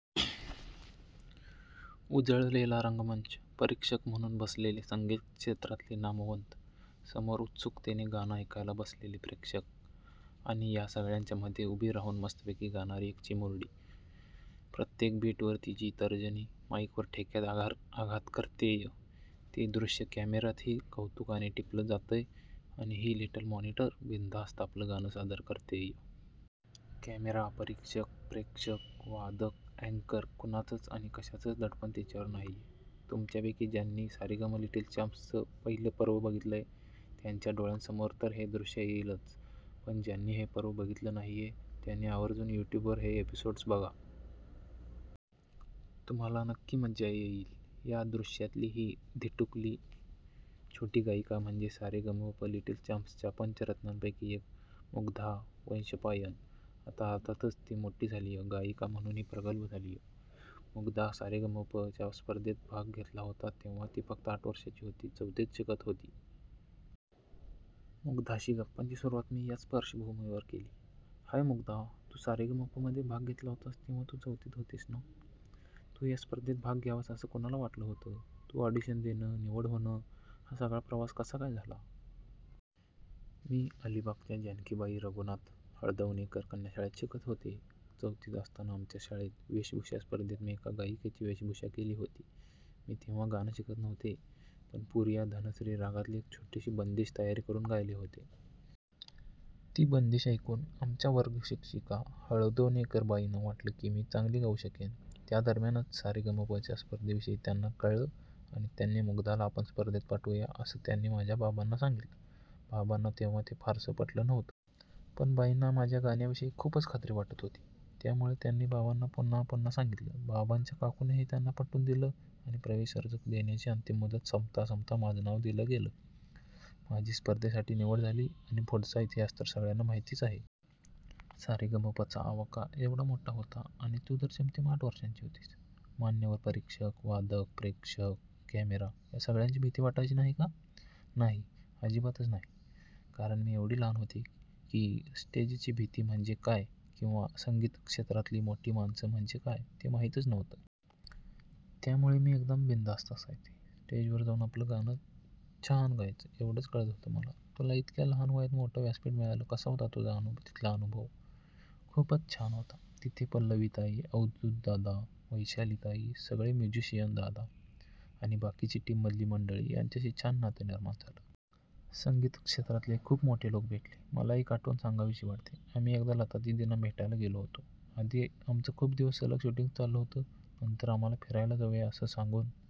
उजळलेला रंगमंच. परीक्षक म्हणून बसलेले संगीतक्षेत्रातले नामवंत. समोर उत्सुकतेने गाणं ऐकायला बसलेले प्रेक्षक आणि या सगळ्यांच्या मध्ये उभी राहून मस्तपैकी गाणारी एक चिमुरडी! प्रत्येक बीटवर तिची तर्जनी माईकवर ठेक्यात आघात करतेय, ते दृश्य कॅमेऱ्यातही कौतुकाने टिपलं जातंय आणि ही 'लिटिल मॉनिटर' बिनधास्त आपलं गाणं सादर करतेय. कॅमेरा, परीक्षक, प्रेक्षक, वादक, अँकर कुणाचंच आणि कशाचंच दडपण तिच्यावर नाहीये! तुमच्यापैकी ज्यांनी 'सारेगमप लिटिल चॅम्प्स'चं पहिलं पर्व बघितलंय, त्यांच्या डोळ्यांसमोर तर हे दृश्य येईलच, पण ज्यांनी हे पर्व बघितलं नाहीये त्यांनी आवर्जून यूट्यूबवर हे एपिसोड्स बघा. तुम्हांला नक्की मज्जा येईल! या दृश्यातली ही धिटुकली छोटी गायिका म्हणजे सारेगमप लिटिल चॅम्प्सच्या पंचरत्नांपैकी एक- मुग्धा वैशंपायन! आता अर्थातच ती मोठी झालीय, गायिका म्हणूनही प्रगल्भ झालीय. मुग्धा 'सारेगमप'च्या स्पर्धेत भाग घेतला होता तेव्हा ती फक्त आठ वर्षांची होती, चौथीत शिकत होती. मुग्धाशी गप्पांची सुरुवात मी याच पार्श्वभूमीवर केली. हाय मुग्धा! तू 'सारेगमप'मध्ये भाग घेतला होतास तेव्हा चौथीत होतीस ना? तू या स्पर्धेत भाग घ्यावास असं कुणाला वाटलं होतं, तू ऑडिशन देणं, निवड होणं हा सगळा प्रवास कसा काय झाला? -मी अलिबागच्या जानकीबाई रघुनाथ हळदवणेकर कन्याशाळेत शिकत होते. चौथीत असताना आमच्या शाळेत वेशभूषा स्पर्धेत मी एका गायिकेची वेशभूषा केली होती. मी तेव्हा गाणं शिकत नव्हते, पण पूरिया धनश्री रागातली एक छोटीशी बंदिश तयारी करून गायले होते. ती बंदिश ऐकून आमच्या वर्गशिक्षिका हळदवणेकरबाईंना वाटलं की, मी चांगली गाऊ शकेन. त्या दरम्यानच 'सारेगमप'च्या स्पर्धेविषयी त्यांना कळलं आणि 'मुग्धाला आपण स्पर्धेत पाठवूया' असं त्यांनी माझ्या बाबांना सांगितलं. बाबांना तेव्हा ते फारसं पटलं नव्हतं. पण बाईंना माझ्या गाण्याविषयी खूपच खात्री वाटत होती, त्यामुळे त्यांनी बाबांना पुन्हा पुन्हा सांगितलं. बाबांच्या काकूनेही त्यांना पटवून दिलं आणि प्रवेश अर्ज देण्याची अंतिम मुदत संपता संपता माझं नाव दिलं गेलं. माझी स्पर्धेसाठी निवड झाली आणि पुढचा इतिहास तर सगळ्यांना माहितीच आहे! सारेगमपचा आवाका एवढा मोठा होता आणि तू तर जेमतेम आठ वर्षांची होतीस. मान्यवर परीक्षक, वादक, प्रेक्षक, कॅमेरा या सगळ्याची भीती वाटायची नाही का? -नाही. अजिबातच नाही. कारण मी एवढी लहान होते की, स्टेजची भीती म्हणजे काय किंवा संगीतक्षेत्रातली मोठी माणसं म्हणजे काय ते माहीतच नव्हतं! त्यामुळे मी एकदम बिनधास्त असायचे. स्टेजवर जाऊन आपलं गाणं छान गायचं, एवढंच कळत होतं मला. तुला इतक्या लहान वयात मोठं व्यासपीठ मिळालं. कसा होता तुझा तिथला अनुभव? -खूपच छान होता. तिथे पल्लवीताई, अवधूतदादा, वैशालीताई, सगळे म्युझिशिअयन दादा आणि बाकीची टीममधली मंडळी यांच्याशी छान नातं निर्माण झालं. संगीतक्षेत्रातले खूप मोठे लोक भेटले. मला एक आठवण सांगावीशी वाटतेय. आम्ही एकदा लतादीदींना भेटायला गेलो होतो! आधी आमचं खूप दिवस सलग शूटिंग चाललं होतं. नंतर आम्हांला 'फिरायला जाऊया' असं सांगून